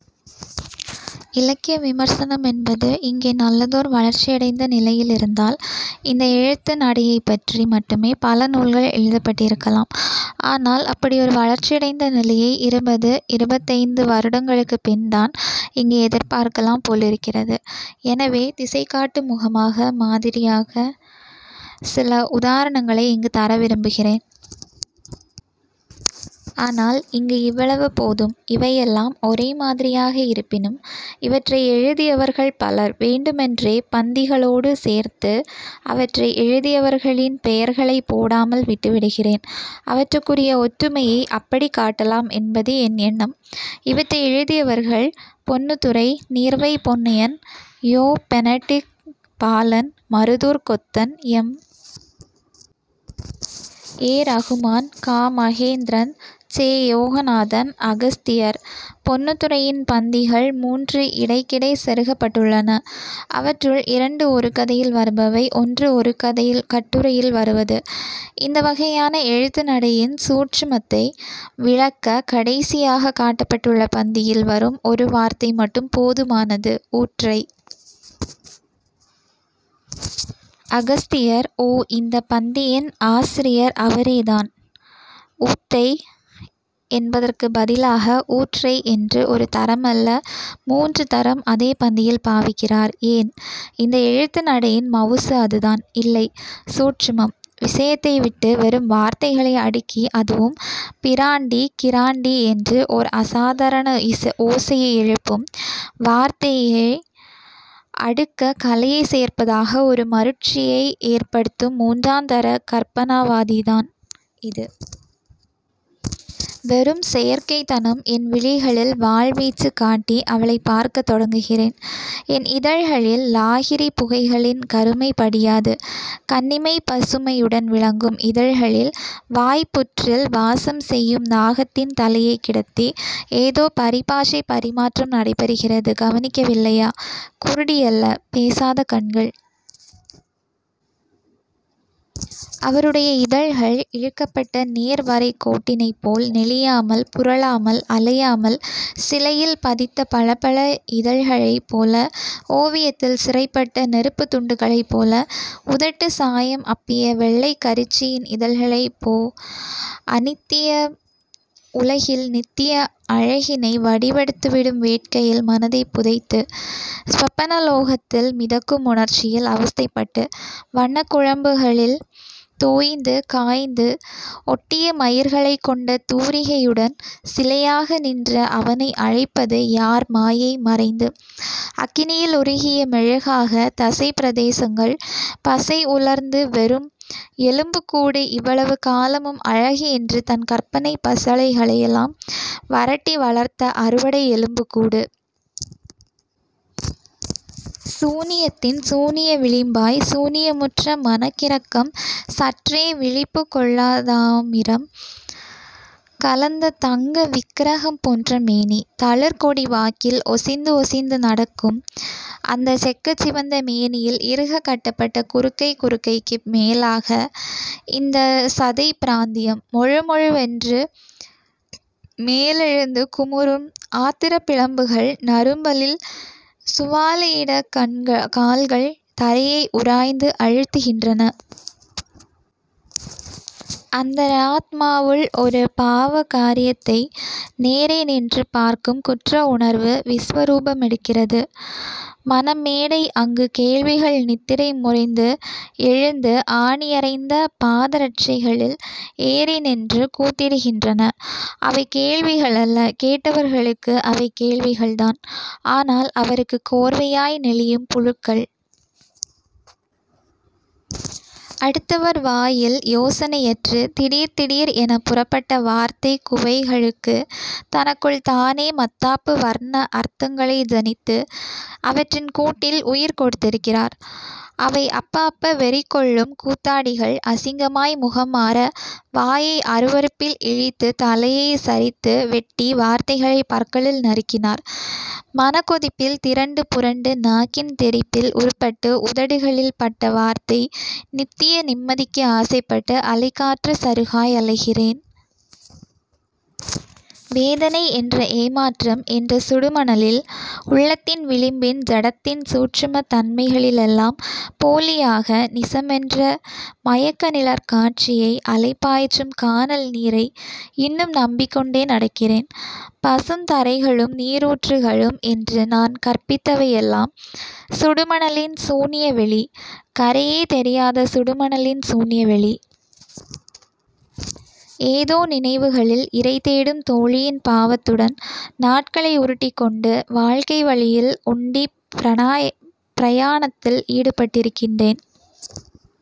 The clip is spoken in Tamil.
இலக்கிய விமர்சனம் என்பது இங்கே நல்லதோர் வளர்ச்சியடைந்த நிலையிலிருந்தால் இந்த எழுத்து நடையைப்பற்றி மட்டுமே பல நூல்கள் எழுதப்பட்டிருக்கலாம். ஆனால் அப்படி ஒரு வளர்ச்சியடைந்த நிலையை இருபது இருபத்தைந்து வருடங்களுக்குப் பின்தான் இங்கு எதிர்பார்க்கலாம் போலிருக்கிறது. எனவே, திசை காட்டும் முகமாக, மாதிரிக்காகச் சில உதாரணங்களை இங்கு தர விரும்புகிறேன். ஆனால் இங்கு இவ்வளவு போதும். இவையெல்லாம் ஒரே மாதிரியாக இருப்பினும் இவற்றை எழுதியவர்கள் பலர். வேண்டுமென்றே பந்திகளோடு சேர்த்து அவற்றை எழுதியவர்களின் பெயர்களைப் போடாமல் விட்டுவிடுகிறேன். அவற்றுக்குரிய ஒற்றுமையை அப்படிக் காட்டலாம் என்பது என் எண்ணம். இவற்றை எழுதியவர்கள் Ponnuthurai, Neervai Ponnaiyan, Yo. Benedict Balan Maruthoor Kothan, M. A. Rahman, Ka. Mahendran, செ. யோகநாதன், அகஸ்தியர். பொன்னுத்துரையின் பந்திகள் மூன்று இடைக்கிடை செருகப்பட்டுள்ளன. அவற்றுள் இரண்டு ஒரு கதையில் வருபவை. ஒன்று ஒரு கட்டுரையில் வருவது. இந்த வகையான எழுத்து நடையின் 'சூட்சும'த்தை விளக்கக் கடைசியாகக் காட்டப்பட்டுள்ள பந்தியில் வரும் ஒரு வார்த்தை மட்டும் போதுமானது 'ஊற்றை. 'அகஸ்தியர்'. ஓ இந்தப் பந்தியின் ஆசிரியர் அவரேதான். 'ஊத்தை' என்பதற்குப் பதிலாக 'ஊற்றை' என்று ஒரு தரமல்ல மூன்று தரம் அதே பந்தியில் பாவிக்கிறார். ஏன்? இந்த எழுத்து நடையின் மவுசு அதுதான். இல்லை. 'சூட்சுமம்'. விசயத்தை விட்டு வெறும் வார்த்தைகளை அடுக்கி அதுவும் 'பிராண்டி' 'கிராண்டி' என்று ஓர் அசாதாரண ஓசையை எழுப்பும் வார்த்தைகளை அடுக்க கலையைச் சேர்ப்பதாக ஒரு மருட்சியை ஏற்படுத்தும் மூன்றாந்தர கற்பனாவாதந்தான் இது. வெறும் செயற்கைத்தனம். என் விழிகளில் வாள்வீச்சுக் காட்டி அவளைப் பார்க்கத் தொடங்குகிறேன். என் இதழ்களில் லாகிரிப் புகைகளின் கருமை படியாது, கன்னிமைப் பசுமையுடன் விளங்கும் இதழ்களில் வாய்ப்புற்றில் வாசம் செய்யும் நாகத்தின் தலையைக் கிடத்தி..... ஏதோ பரிபாஷைப் பரிமாற்றம் நடைபெறுகிறது. கவனிக்கவில்லையா? குருடியல்ல. பேசாத கண்கள். அவருடைய இதழ்கள் இழுக்கப்பட்ட நேர் வரைக்கோட்டினைப்போல் நெளியாமல் புரளாமல் அலையாமல் சிலையில் பதித்த பளபள இதழ்களைப் போல ஓவியத்தில் சிறைப்பட்ட நெருப்புத் துண்டுகளைப் போல உதட்டுச் சாயம் அப்பிய வெள்ளைக்கரிச்சியின் இதழ்களைப் போ அநித்திய உலகில் நித்திய அழகினை வடிவெடுத்துவிடும் வேட்கையில் மனதைப் புதைத்து, ஸ்வப்பனலோகத்தில் மிதக்கும் உணர்ச்சியில் அவஸ்த்தைப்பட்டு, வண்ணக் குழம்புகளில் தோய்ந்து, காய்ந்து, ஒட்டிய மயிர்களைக் கொண்ட தூரிகையுடன் சிலையாக நின்ற அவனை அழைப்பது யார் மாயை மறைந்து, அக்கினியில் உருகிய மெழுகாகத் தசைப் பிரதேசங்கள் பசை உலர்ந்து-வெறும் எலும்புக் கூடு இவ்வளவு காலமும் அழகு என்று தன் கற்பனைப் பசளைகளையெல்லாம் வரட்டி வளர்த்த அறுவடை எலும்புக்கூடு. சூனியத்தின் சூனிய விளிம்பாய் சூனியமுற்ற மனக்கிறக்கம் சற்றே விழிப்புக்கொள்ளதாமிரம் கலந்த தங்க விக்கிரகம் போன்ற மேனி. தளிர் கொடிவாக்கில் ஒசிந்து ஒசிந்து நடக்கும் அந்தச் செக்கச் சிவந்த மேனியில் இறுகக் கட்டப்பட்ட குறுக்கை குறுக்கைக்கு மேலாகத் ரிந்த சதைப் பிராந்தியம், மொழுமொழுவென்றுமேலெழுந்து குமுறும் ஆத்திரப் பிளம்புகள் நரும்பலில் சுவாலையிட கால்கள் தரையை உராய்ந்து அழுத்துகின்றன. அந்தராத்மாவுள் ஒரு பாவ கரியத்தை நேரே நின்று பார்க்கும் குற்ற உணர்வு விஸ்வரூபமெடுக்கிறது மனம் மேடை அங்கு கேள்விகள் நித்திரை முறிந்து எழுந்து ஆணி அறைந்த பாதரட்சைகளில் ஏறி நின்று கூத்திடுகின்றன. அவை கேள்விகளல்ல, கேட்டவர்களுக்கு அவை கேள்விகள்தான். ஆனால் அவருக்கு கோர்வையாய் நெளியும் புழுக்கள். அடுத்தவர் வாயில் யோசனையற்று, திடீர் திடீர் எனப் புறப்பட்ட வார்த்தைக் குவைகளுக்கு தனக்குள் தானே மத்தாப்பு வர்ண அர்த்தங்களை ஜனித்து, அவற்றின் கூட்டில் உயிர் கொடுத்திருக்கிறார். அவை அப்ப அப்ப வெறிகொள்ளும் கூத்தாடிகள் அசிங்கமாய் முகம் மாற வாயை அருவருப்பில் இழித்து தலையைச் சரித்து வெட்டி வார்த்தைகளைப் பற்களில் நறுக்கினார் மனக்கொதிப்பில் திரண்டு புரண்டு நாக்கின் தெறிப்பில் உருப்பட்டு உதடுகளில் பட்ட வார்த்தை நித்திய நிம்மதிக்கு ஆசைப்பட்டு, அலை காற்றுச் சருகாய் அலைகிறேன். வேதனை என்ற ஏமாற்றம் என்ற சுடு மணலில், உள்ளத்தின் விளிம்பின் ஜடத்தின் சூட்சுமத் தன்மைகளிலெல்லாம், போலியாக, நிசமென்ற மயக்க நிழற் காட்சியை, அலைபாய்ச்சும் கானல் நீரை இன்னும் நம்பிக்கொண்டே நடக்கிறேன். பசுந்தரைகளும் நீரூற்றுகளும் என்று நான் கற்பித்தவையெல்லாம், சுடுமணலின் சூன்ய வெளி. கரையே தெரியாத சுடுமணலின் சூன்யவெளி. ஏதோ நினைவுகளில் இரைதேடும் தோழியின் பாவத்துடன் நாட்களை உருட்டிக்கொண்டு, வாழ்க்கை வழியில் ஒண்டிப் பிரயாணத்தில் ஈடுபட்டிருக்கின்றேன்.